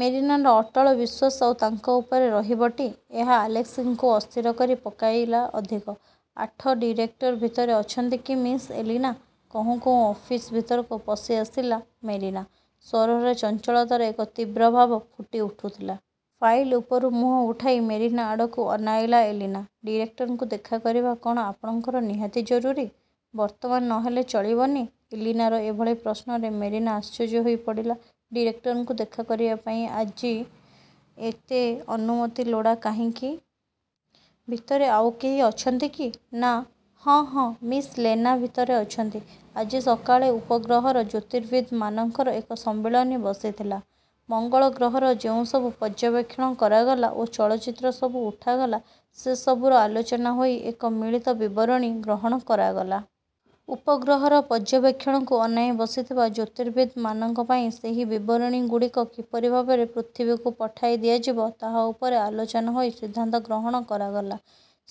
ମେରିନାର ଅଟଳ ବିଶ୍ୱାସ ଆଉ ତାଙ୍କ ଉପରେ ରହିବଟି? ଏହା ଆଲେସ୍କିଙ୍କୁ ଅସ୍ଥିର କରି ପକାଇଲା ଅଧିକ। ଆଠ ''ଡିରେକ୍ଟର ଭିତରେ ଅଛନ୍ତି କି ମିସ୍ ଏଲିନା? '' କହୁଁ କହୁଁ ଅଫିସ ଭିତରକୁ ପଶିଆସିଲା ମେରିନା। ସ୍ୱରରେ ଚଞ୍ଚଳତାର ଏକ ତୀବ୍ର ଭାବ ଫୁଟିଉଠୁଥିଲା। ଫାଇଲ୍ ଉପରୁ ମୁହଁ ଉଠାଇ ମେରିନା ଆଡ଼କୁ ଅନାଇଲା ଏଲିନା। ''ଡିରେକ୍ଟରଙ୍କୁ ଦେଖା କରିବା କଅଣ ଆପଣଙ୍କର ନିହାତି ଜରୁରୀ? ବର୍ତ୍ତମାନ ନ ହେଲେ ଚଳିବନି? '' ଏଲିନାର ଏଭଳି ପ୍ରଶ୍ନରେ ମେରିନା ଆଶ୍ଚର୍ଯ୍ୟ ହୋଇ ପଡ଼ିଲା–''ଡିରେକ୍ଟରଙ୍କୁ ଦେଖା କରିବା ପାଇଁ। ଆଜି ଏତେ ଅନୁମତି ଲୋଡ଼ା କାହିଁକି? ଭିତରେ ଆଉ କେହି ଅଛନ୍ତି କି? '' ''ନାଁ,–ହଁ, ହଁ, ମିସ୍ ଲେନା ଭିତରେ ଅଛନ୍ତି। ଆଜି ସକାଳେ ଉପଗ୍ରହର ଜ୍ୟୋତିର୍ବିଦମାନଙ୍କର ଏକ ସମ୍ମିଳନୀ ବସିଥିଲା। ମଙ୍ଗଳ ଗ୍ରହର ଯେଉଁସବୁ ପର୍ଯ୍ୟବେକ୍ଷଣ କରାଗଲା ଓ ଚଳଚ୍ଚିତ୍ର ସବୁ ଉଠାଗଲା, ସେ ସବୁର ଆଲୋଚନା ହୋଇ ଏକ ମିଳିତ ବିବରଣୀ ଗ୍ରହଣ କରାଗଲା। ଉପଗ୍ରହର ପର୍ଯ୍ୟବେକ୍ଷଣକୁ ଅନାଇ ବସିଥିବା ଜ୍ୟୋତିର୍ବିଦମାନଙ୍କ ପାଇଁ ସେହି ବିବରଣୀଗୁଡ଼ିକ କିପରି ଭାବରେ ପୃଥିବୀକୁ ପଠାଇ ଦିଆଯିବ ତାହା ଉପରେ ଆଲୋଚନା ହୋଇ ସିଦ୍ଧାନ୍ତ ଗ୍ରହଣ କରାଗଲା।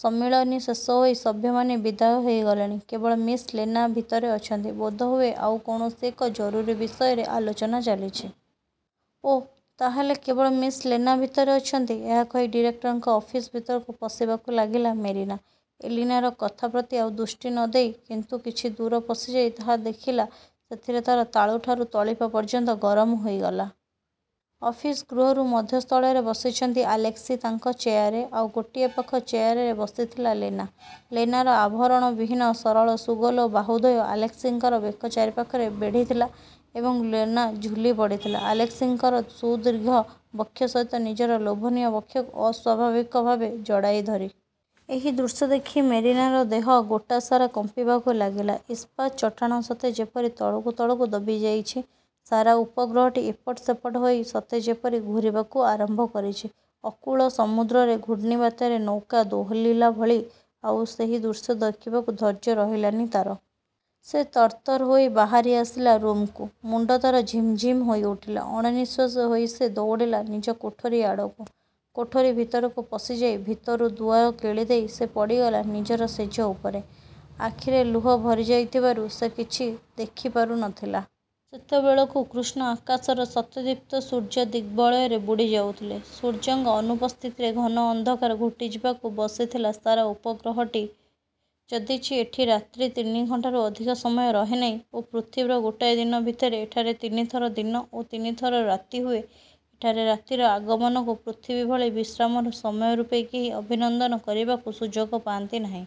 ସମ୍ମିଳନୀ ଶେଷ ହୋଇ ସଭ୍ୟମାନେ ବିଦାୟ ହୋଇଗଲେଣି; କେବଳ ମିସ୍ ଲେନା ଭିତରେ ଅଛନ୍ତି। ବୋଧହୁଏ, ଆଉ କୌଣସି ଏକ ଜରୁରୀ ବିଷୟରେ ଆଲୋଚନା ଚାଲିଛି। '' ''ଓଃ, ତା'ହେଲେ କେବଳ ମିସ୍ ଲେନା ଭିତରେ ଅଛନ୍ତି? '' ଏହା କହି ଡିରେକ୍ଟରଙ୍କ ଅଫିସ୍ ଭିତରକୁ ପଶିବାକୁ ଲାଗିଲା ମେରିନା–ଏଲିନାର କଥାପ୍ରତି ଆଉ ଦୃଷ୍ଟି ନ ଦେଇ। କିନ୍ତୁ କିଛି ଦୂର ପଶିଯାଇ ଯାହା ଦେଖିଲା, ସେଥିରେ ତା'ର ତାଳୁଠାରୁ ତଳିପା ପର୍ଯ୍ୟନ୍ତ ଗରମ ହୋଇଗଲା। ଅଫିସ ଗୃହରୁ ମଧ୍ୟସ୍ଥଳରେ ବସିଛନ୍ତି ଆଲେସ୍କି ତାଙ୍କ ଚେୟାରରେ, ଆଉ ଗୋଟିଏ ପାଖ ଚେୟାରରେ ବସିଥିଲା ଲେନା। ଲେନାର ଆଭରଣବିହୀନ ସରଳ ସୁଗୋଲ ବାହୁଦ୍ୱୟ ଆଲେସ୍କିଙ୍କର ବେକ ଚାରିପାଖରେ ବେଢ଼ିଥିଲା ଏବଂ ଲେନା ଝୁଲି ପଡ଼ିଥିଲା–ଆଲେସ୍କିଙ୍କର ସୁଦୀର୍ଘ ବକ୍ଷ ସହିତ ନିଜର ଲୋଭନୀୟ ବକ୍ଷକୁ ଅସ୍ୱାଭାବିକ ଭାବେ ଜଡ଼ାଇ ଧରି। ଏହି ଦୃଶ୍ୟ ଦେଖି ମେରିନାର ଦେହ ଗୋଟାସାରା କମ୍ପିବାକୁ ଲାଗିଲା। ଇସ୍ପାତ୍ ଚଟାଣ ସତେ ଯେପରି ତଳକୁ ତଳକୁ ଦବିଯାଇଛି! ସାରା ଉପଗ୍ରହଟି ଏପଟ ସେପଟ ହୋଇ ସତେ ଯେପରି ଘୂରିବାକୁ ଆରମ୍ଭ କରିଛି, ଅକୂଳ ସମୁଦ୍ରରେ ଘୂର୍ଣ୍ଣିବାତ୍ୟାରେ ନୌକା ଦୋହଲିଲା ଭଳି। ଆଉ ସେହି ଦୃଶ୍ୟ ଦେଖିବାକୁ ଧୈର୍ଯ୍ୟ ରହିଲାନି ତା'ର। ସେ ତରତର ହୋଇ ବାହାରିଆସିଲା ରୁମ୍ରୁ। ମୁଣ୍ଡ ତା'ର ଝିମଝିମ୍ ହୋଇ ଉଠିଲା। ଅଣନିଶ୍ୱାସୀ ହୋଇ ସେ ଦୌଡ଼ିଲା ନିଜ କୋଠରି ଆଡ଼କୁ। କୋଠରି ଭିତରକୁ ପଶିଯାଇ ଭିତରୁ ଦୁଆର କିଳିଦେଇ ସେ ପଡ଼ିଗଲା ନିଜର ଶେଯ ଉପରେ। ଆଖିରେ ଲୁହ ଭରିଯାଇଥିବାରୁ ସେ କିଛି ଦେଖି ପାରୁ ନଥିଲା। ସେତେବେଳକୁ କୃଷ୍ଣ ଆକାଶର ଶତଦୀପ୍ତ ସୂର୍ଯ୍ୟ ଦିଗବଳୟରେ ବୁଡ଼ିଯାଉଥିଲେ। ସୂର୍ଯ୍ୟଙ୍କ ଅନୁପସ୍ଥିତିରେ ଘନ ଅନ୍ଧକାର ଘୋଟିଯିବାକୁ ବସିଥିଲା ସାରା ଉପଗ୍ରହଟିରେ ଯଦିଚ ଏଠି ରାତ୍ରି ତିନିଘଣ୍ଟାରୁ ଅଧିକ ସମୟ ରହେନାହିଁ ଓ ପୃଥିବୀର ଗୋଟାଏ ଦିନ ଭିତରେ ଏଠାରେ ତିନିଥର ଦିନ ଓ ତିନିଥର ରାତି ହୁଏ, ଏଠାରେ ରାତିର ଆଗମନକୁ ପୃଥିବୀଭଳି ବିଶ୍ରାମର ସମୟରୂପେ କେହି ଅଭିନନ୍ଦନ କରିବାକୁ ସୁଯୋଗ ପାଆନ୍ତି ନାହିଁ।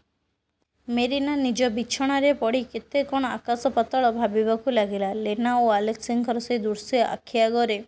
ମେରିନା ନିଜ ବିଛଣାରେ ପଡ଼ି କେତେ କ'ଣ ଆକାଶପାତାଳ ଭାବିବାକୁ ଲାଗିଲା। ଲେନା ଓ ଆଲେସ୍କିଙ୍କର ସେହି ଦୃଶ୍ୟ ଆଖିଆଗରେ